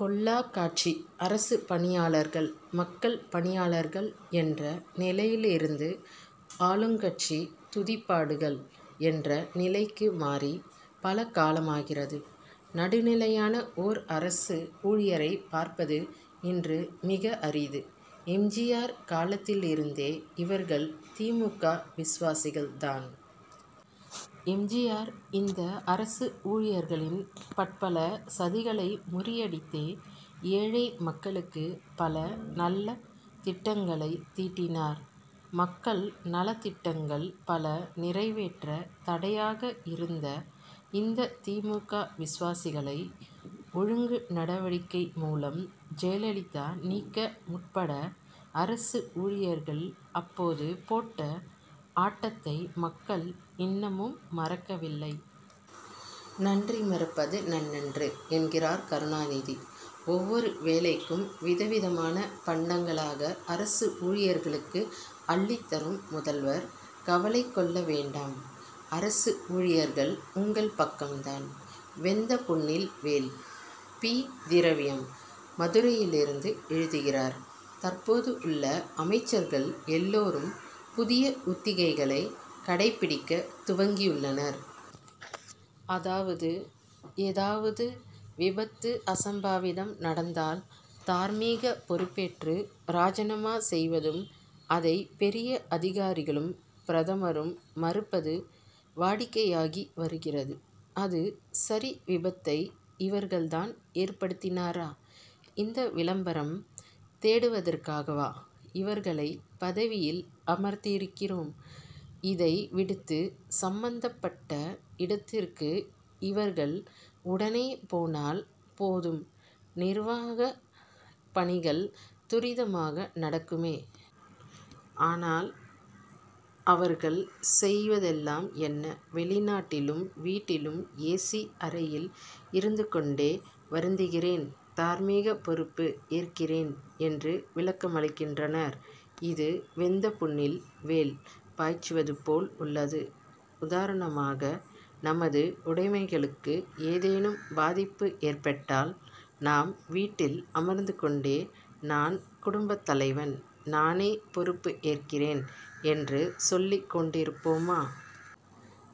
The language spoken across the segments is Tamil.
கொள்ளாக் காட்சி. அரசுப் பணியாளர்கள், மக்கள் பணியாளர்கள் என்ற நிலையிலிருந்து, ஆளுங்கட்சி துதிபாடிகள் என்ற நிலைக்கு மாறி, பல காலமாகிறது. நடுநிலையான ஓர் அரசு ஊழியரைப் பார்ப்பது, இன்று மிக அரிது. எம். ஜி. ஆர். காலத்திலிருந்தே, இவர்கள் தி. மு. க., விசுவாசிகள் தான். எம். ஜி. ஆர்.இந்த அரசு ஊழியர்களின் பற்பல சதிகளை முறியடித்தே, ஏழை மக்களுக்கு பல நல்ல திட்டங்களை தீட்டினார். மக்கள் நலத்திட்டங்கள் பல நிறைவேற்ற தடையாக இருந்த இந்த தி. மு. க. விசுவாசிகளை, ஒழுங்கு நடவடிக்கை மூலம் ஜெயலலிதா நீக்க முற்பட, அரசு ஊழியர்கள் அப்போது போட்ட ஆட்டத்தை, மக்கள் இன்னமும் மறக்கவில்லை. நன்றி மறப்பது நன்றன்று' என்கிறார் கருணாநிதி. ஒவ்வொரு வேளைக்கும் விதவிதமான பண்டங்களாக அரசு ஊழியருக்கு அள்ளித் தரும் முதல்வர், கவலை கொள்ள வேண்டாம்அரசு ஊழியர்கள், உங்கள் பக்கம் தான். வெந்த புண்ணில் வேல்! பி. திரவியம், மதுரையிலிருந்து எழுதுகிறார் தற்போது உள்ள அமைச்சர்கள் எல்லாரும், புதிய உத்திகளை கடைபிடிக்கத் துவங்கியுள்ளனர். அதாவது, ஏதாவது விபத்து, அசம்பாவிதம் நடந்தால், தார்மீக பொறுப்பேற்று ராஜினாமா செய்வதும், அதை பெரிய அதிகாரிகளும், பிரதமரும் மறுப்பதும், வாடிக்கையாகி வருகிறது. அது சரிவிபத்தை இவர்கள் தான் ஏற்படுத்தினரா? இந்த விளம்பரம் தேடுவதற்காகவா, இவர்களை பதவியில் அமர்த்தியிருக்கிறோம். இதை விடுத்து, சம்பந்தப் பட்ட இடத்திற்கு இவர்கள் உடனே போனால் போதும்நிவாரணப் பணிகள் துரிதமாக நடக்குமே. ஆனால், அவர்கள் செய் வதெல்லாம் என்ன? வெளிநாட்டிலும், வீட்டிலும், ஏசி அறையில் இருந்து கொண் டே, வருந்துகிறேன்தார் மீக பொறுப்பு ஏற்கிறேன்' என்று விளக்கமளிக்கின்றனர். இது வெந்த புண்ணில் வேல் பாய்ச்சுவது போல் உள்ளது. உதாரணமாக, நமது உடைமைகளுக்கு ஏதேனும் பாதிப்பு ஏற்பட்டால், நாம் வீட்டில் அமர்ந்து கொண்டே, நான் குடும்பத் தலைவன்; நானே பொறுப்பு ஏற்கிறேன் என்று சொல்லிக் கொண்டிருப்போமா?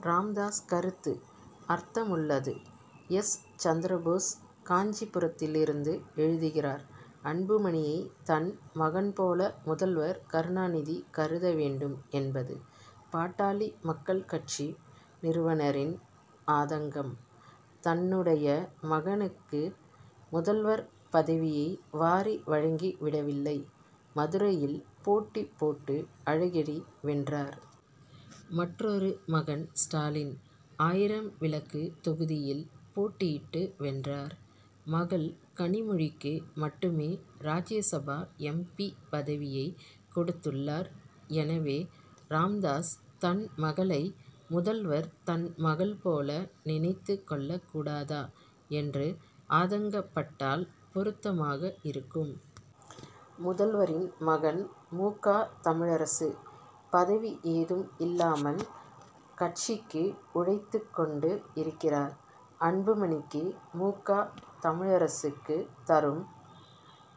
ராமதாஸ் கருத்து அர்த்தமுள்ளது எஸ். சந்திரபோஸ், காஞ்சிபுரத்திலிருந்து எழுதுகிறார் அன்புமணியை தன் மகன் போல முதல்வர் கருணாநிதி கருத வேண்டும் என்பது, பாட்டாளி மக்கள் கட்சி நிறுவனரின் ஆதங்கம். தன்னுடைய மகன்களுக்கு முதல்வர், பதவியை வாரி வழங்கி விடவில்லை. மதுரையில் போட்டி போட்டு அழகிரி வென்றார். மற்றொரு மகன் ஸ்டாலின், ஆயிரம் விளக்கு தொகுதியில் போட்டியிட்டு வென்றார். மகள் கனிமொழிக்கு மட்டுமே ராஜ்யசபா எம். பி., பதவியை கொடுத் துள்ளார். எனவே, ராமதாஸ், தன் மகளை, முதல்வர் தன் மகள் போல நினைத்துக் கொள்ளக் கூடாதா என்று, ஆதங்கப் பட்டால் பொருத்தமாக இருக்கும். முதல்வரின் மகன் மு. க. தமிழரசு, பதவி ஏதும் இல்லாமல், கட்சிக்கு உழைத் துக் கொண்டு இருக்கிறார். அன்புமணிக்கு, மு. க. தமிழரசுக்கு தரும்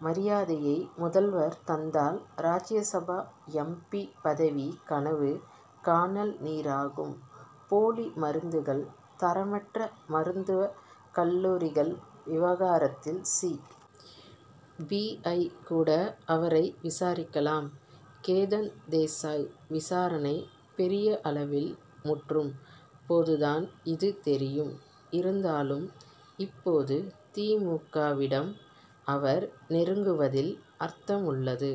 மரியாதையை முதல்வர் தந்தால், ராஜ்யசபா எம். பி., பதவி கனவு, கானல் நீராகும். போலி மருந்துகள், தரமற்ற மருத்துவக் கல்லூரிகள் விவகாரத்தில், சி. பி. ஐ., கூட அவரை விசாரிக்கலாம். கேதன் தேசாய் விசாரணை பெரிய அளவில் முற்றும் போதுதான் இது தெரியும். இருந்தாலும், இப்போது தி. மு. க., விடம் அவர் நெருங் குவதில் அர்த்தமுள்ளது.